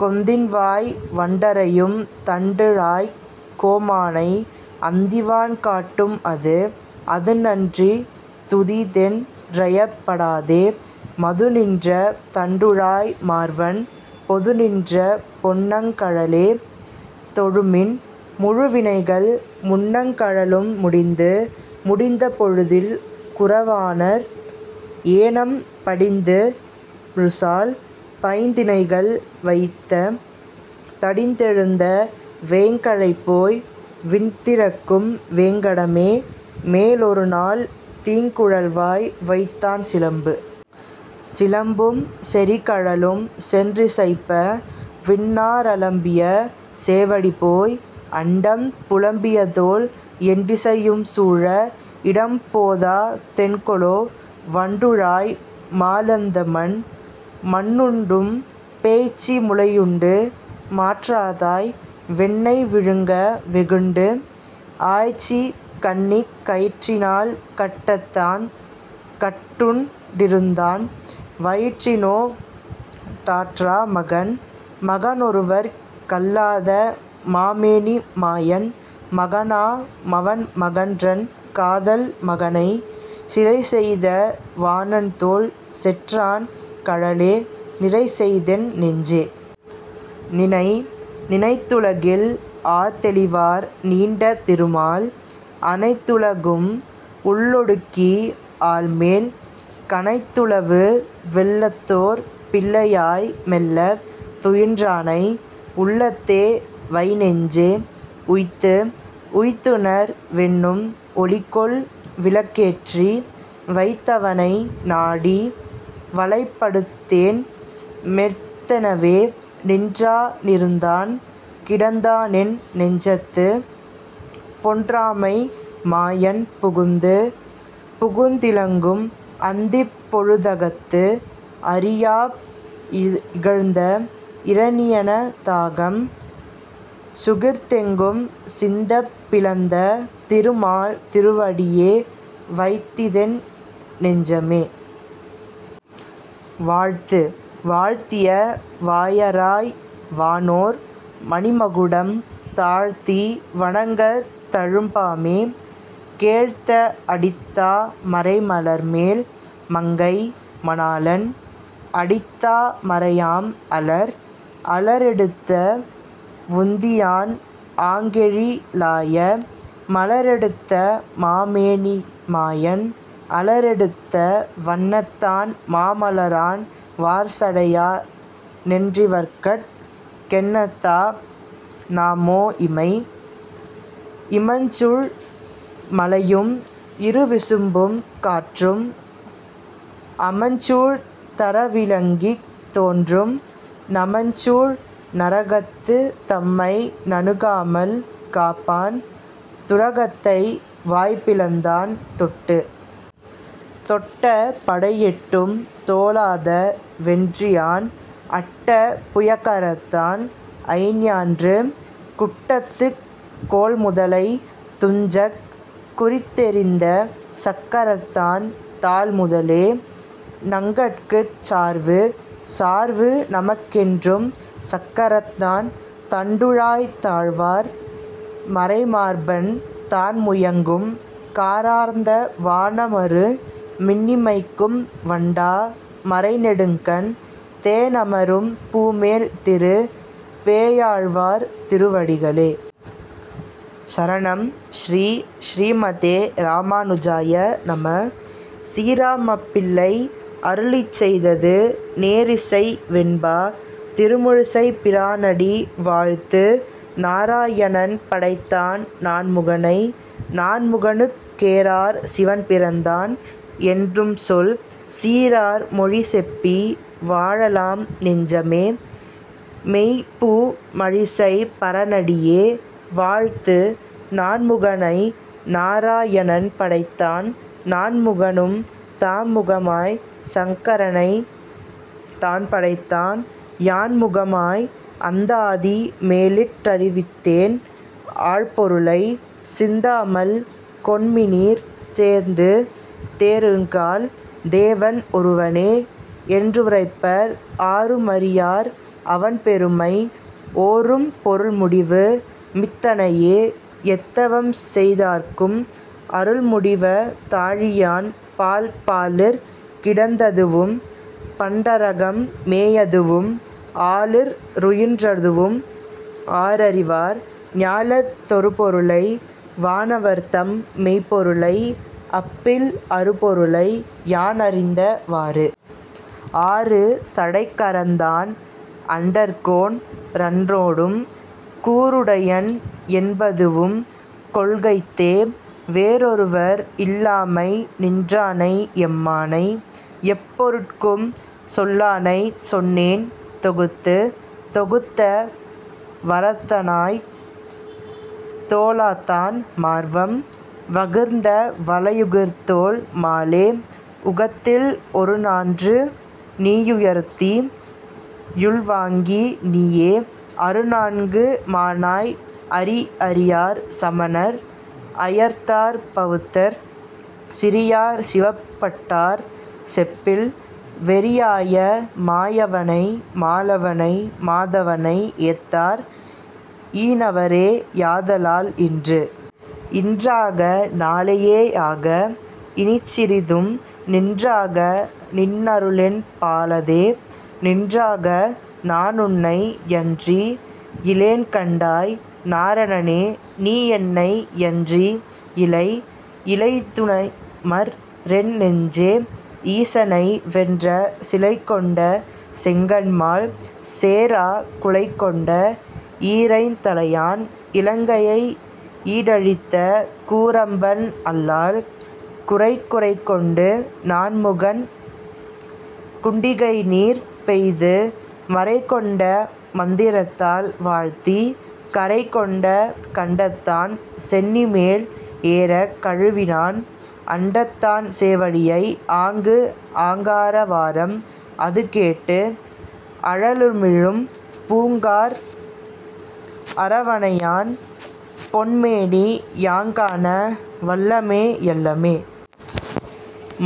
கொந்தின்வாய் வண்டறையும் தண்டுழாய்க் கோமானை, அந்திவான் காட்டும் அது. அதுநன் றிதுதீதென் றையப் படாதே, மதுநின்ற தண்டுழாய் மார்வன், பொதுநின்ற பொன்னங் கழலே தொழுமின், முழுவினைகள் முன்னங் கழலும் முடிந்து. முடிந்த பொழுதில் குறவாணர், ஏனம் படிந்துழுசால் பைந்தினைகள் வைத்த, தடிந்தெழுந்த வேய்ங்கழைபோய் விண்திறக்கும் வேங்கடமே, மேலொருநாள் தீங்குழல்வாய் வைத்தான் சிலம்பு. சிலம்பும் செறிகழலும் சென்றிசைப்ப, விண்ணா றலம்பிய சேவடிபோய், அண்டம் புலம்பியதோள் எண்டிசையும் சூழ இடம்போதா தென்கேலோ, வண்டுழாய் மாலளந்த மண்? மண்ணுண்டும் பேய்ச்சி முலையுண்டு மாற்றாதாய், வெண்ணெய் விழுங்க வெகுண்டு, ஆய்ச்சி கண்ணிக் கயிற்றினால் கட்டத்தான் கட்டுண் டிருந்தான், வயிற்றினோ டாற்றா மகன். மகனொருவர்க் கல்லாத மாமேனி மாயன், மகனா மவன்மகன்றன் காதல் மகனை சிறைசெய்த வாணன்தோள் செற்றான் கழலே நிறைசெய்தென் நெஞ்சே. நினை. நினைத்துலகில் ஆர்தெளிவார் நீண்ட திருமால், அனைத்துலகும் உள்ளொடுக்கி ஆல்மேல், கனைத்துலவு வெள்ளத்தோர் பிள்ளையாய் மெள்ளத் துயின்றானை, உள்ளத்தே வைநெஞ்சே. உய்த்து. உய்த்துணர் வென்னும் ஒளிகொள் விளக்கேற்றி, வைத்தவனை நாடி வலைப்படுத்தேன், மெத்தெனவே நின்றா னிருந்தான் கிடந்தானென் னெஞ்சத்து, பொன்றாமை மாயன் புகுந்து. புகுந்திலங்கும் அந்திப் பொழுதகத்து, அரியாய் இகழ்ந்த இரணியன தாகம், சுகர்ந்தெங்கும் சிந்தப் பிளந்த திருமால் திருவடியே வந்தித்தென் னெஞ்சமே. வாழ்த்து. வாழ்த்திய வாயராய் வானோர் மணிமகுடம் தாழ்த்தி வணங்கத் தழும்பாமே, கேழ்த்த அடித்தா மரைமலர்மேல் மங்கை மணாளன், அடித்தா மரையாம் அலர். அலரெடுத்த வுந்தியான் ஆங்கெழி லாய, மலரெடுத்த மாமேனி மாயன், அலரெடுத்த வண்ணத்தான் மாமலரான் வார்சடையா னென்றிவர்கட் கெண்ணத்தா னாமோ இமை? இமஞ்சூழ் மலையும் இருவிசும்பும் காற்றும், அமஞ்சூழ்ந் தறவிளங்கித் தோன்றும், நமஞ்சூழ் நரகத்து தம்மை நணுகாமல் காப்பான், துரகத்தை வாய்பிளந்தான் தொட்டு. தொட்ட படையெட்டும் தோலாத வென்றியான், அட்ட புயகரத்தான் அஞ்ஞான்று, குட்டத்துக் கோள்முதலை துஞ்சக் குறித்தெறிந்த சக்கரத்தான் தாள் முதலே நங்கட்குச் சார்வு. சார்வு நமக்கென்றும் சக்கரத்தான், தண்டுழாய்த் தார்வாழ் மரைமார்பன் தான்முயங்கும், காரார்ந்த வானமரு மின்னிமைக்கும் வண்டா மரைநெடுங்கண், தேனமரும் பூமேல் திரு. பேயாழ்வார் திருவடிகளே சரணம் ஸ்ரீ: ஸ்ரீமதே ராமானுஜாய நம: சீராமப்பிள்ளை அருளிச்செய்தது நேரிசை வெண்பா திருமுல்ழிசைப்பிரானடி வாழ்த்து நாரா யணன்படைத்தான் நான்முகனை, நான்முகனுக் கேரார் சிவன்பிறந்தான் என்னும்சொல் சீரார் மொழிசெப்பி வாழலாம் நெஞ்சமே, மொய்பூ மழிசைப் பரனடியே வாழ்த்து நான்முகனை நாரா யணன்படைத்தான், நான்முகனும் தான்முகமாய்ச் சங்கரனைத் தான்படைத்தான், யான் முகமாய் அந்தாதி மேலிட் டறிவித்தேன் ஆழ்பொருளை, சிந்தாமல் கொண்மினீர் தேர்ந்து தேருங்கால் தேவன் ஒருவனே, என்றுரைப்பர் ஆருமறியார் அவன்பெருமை, ஓரும் பொருள்முடிவு மித்தனையே எத்தவம்செய் தார்க்கும் அருள்முடிவ தாழியான் பால் பாலிற் கிடந்ததுவும் பண்டரகம் மேயதுவும், ஆலிற் றுயின்றதுவும் ஆரறிவார், ஞாலத் தொருபொருளை வானவர்தம் மெய்ப்பொருளை, அப்பில் அருபொருளை யானறிந்த வாறு? ஆறு சடைக்கரந்தான் அண்டர்கோன் றன்னோடும், கூறுடையன் என்பதுவும் கொள்கைத்தே, வேறொருவர் இல்லாமை நின்றானை எம்மானை, எப்பொருட்கும் சொல்லானைச் சொன்னேன் தொகுத்து தொகுத்த வரத்தனாய்த் தோலாதான் மார்வம், வகிர்த்த வளையுகிர்த்தோள் மாலே, உகத்தில் ஒருநான்று நீயுயர்த்தி யுள்வாங்கி நீயே, அருநான்கு மானாய் அறி அறியார் சமணர் அயர்த்தார் பவுத்தர், சிறியார் சிவப்பட்டார் செப்பில், வெறியாய மாயவனை மாலவனை மாதவனை ஏத்தார் ஈனவரே யாதலால் இன்று. இன்றாக நாளையே யாக, இனிச்சிறிதும் நின்றாக நின்னருளென் பாலதே, நின்றாக நானுன்னை யன்றி யிலேன்கண்டாய், நாரணனே நீயென்னை யன்றி யிலை இலைதுணைமற் றென்னெஞ்சே ஈசனை வென்ற சிலைகொண்ட செங்கண்மால் சேரா குலைகொண்ட ஈரைந் தலையான் இலங்கையை யீடழித்த கூரம்பன் அல்லால் குறை குறைகொண்டு நான்முகன் குண்டிகைநீர் பெய்து மறைகொண்ட மந்திரத்தால் வாழ்த்தி, கறைகொண்ட கண்டத்தான் சென்னிமேல் ஏறக் கழுவினான் அண்டத்தான் சேவடியை ஆங்கு ஆங்கார வாரம் அதுகேட்டு, அழலுமிழும் பூங்கார் அரவணையான் பொன்மேனி, யாங்காண வல்லமே யல்லமே?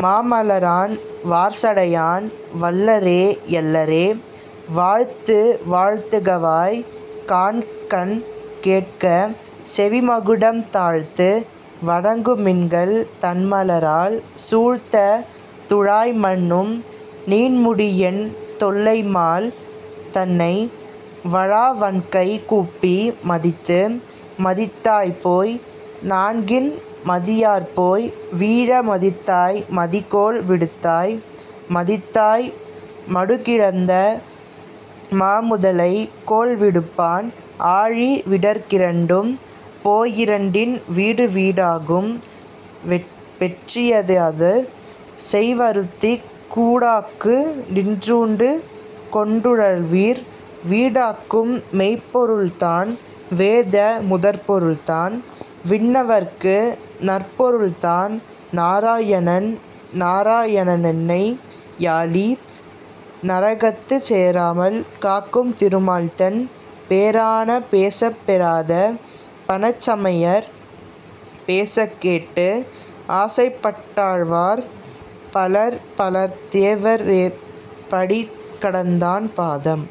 மாமலரான் வார்சடையான் வல்லரே யல்லரே? வாழ்த்து வாழ்த்துகவாய் காண்ககண் கேட்க செவிமகுடம் தாழ்த்து வணங்குமின்கள் தண்மலரால், சூழ்த்த துழாய்மன்னும் நீண்முடியென் தொல்லைமால் த்ன்னை வழாவண்கை கூப்பி மதித்து மதித்தாய்போய் நான்கின் மதியார்போய் வீழ மதித்தாய் மதிகோள் விடுத்தாய், மதித்தாய் மடுகிடந்த மாமுதலை கோள்விடுப்பான், ஆழி விடற்கிரண்டும் போயிரண்டின் வீடு வீடாக்கும் பெற்றி யறியாது மெய்வருத்திக் கூடாக்கு நின்றூண்டு கொண்டுழல்வீர், வீடாக்கும் மெய்ப்பொருள்தான் வேத முதற்ப்பொருள்தான், விண்ணவர்க்கு நற்பொருள்தான் நாரா யணன் நாரா யணனென்னை யாளி, நரகத்துச் சேராமல் காக்கும் திருமால்தன், பேரான பேசப் பெறாத பணச்சமயர் பேசக்கேட்டு ஆசைப்பட் டாழ்வார் பலர் பலர்த்தேவ ரேத்தப் படிகடந்தான் பாதம்।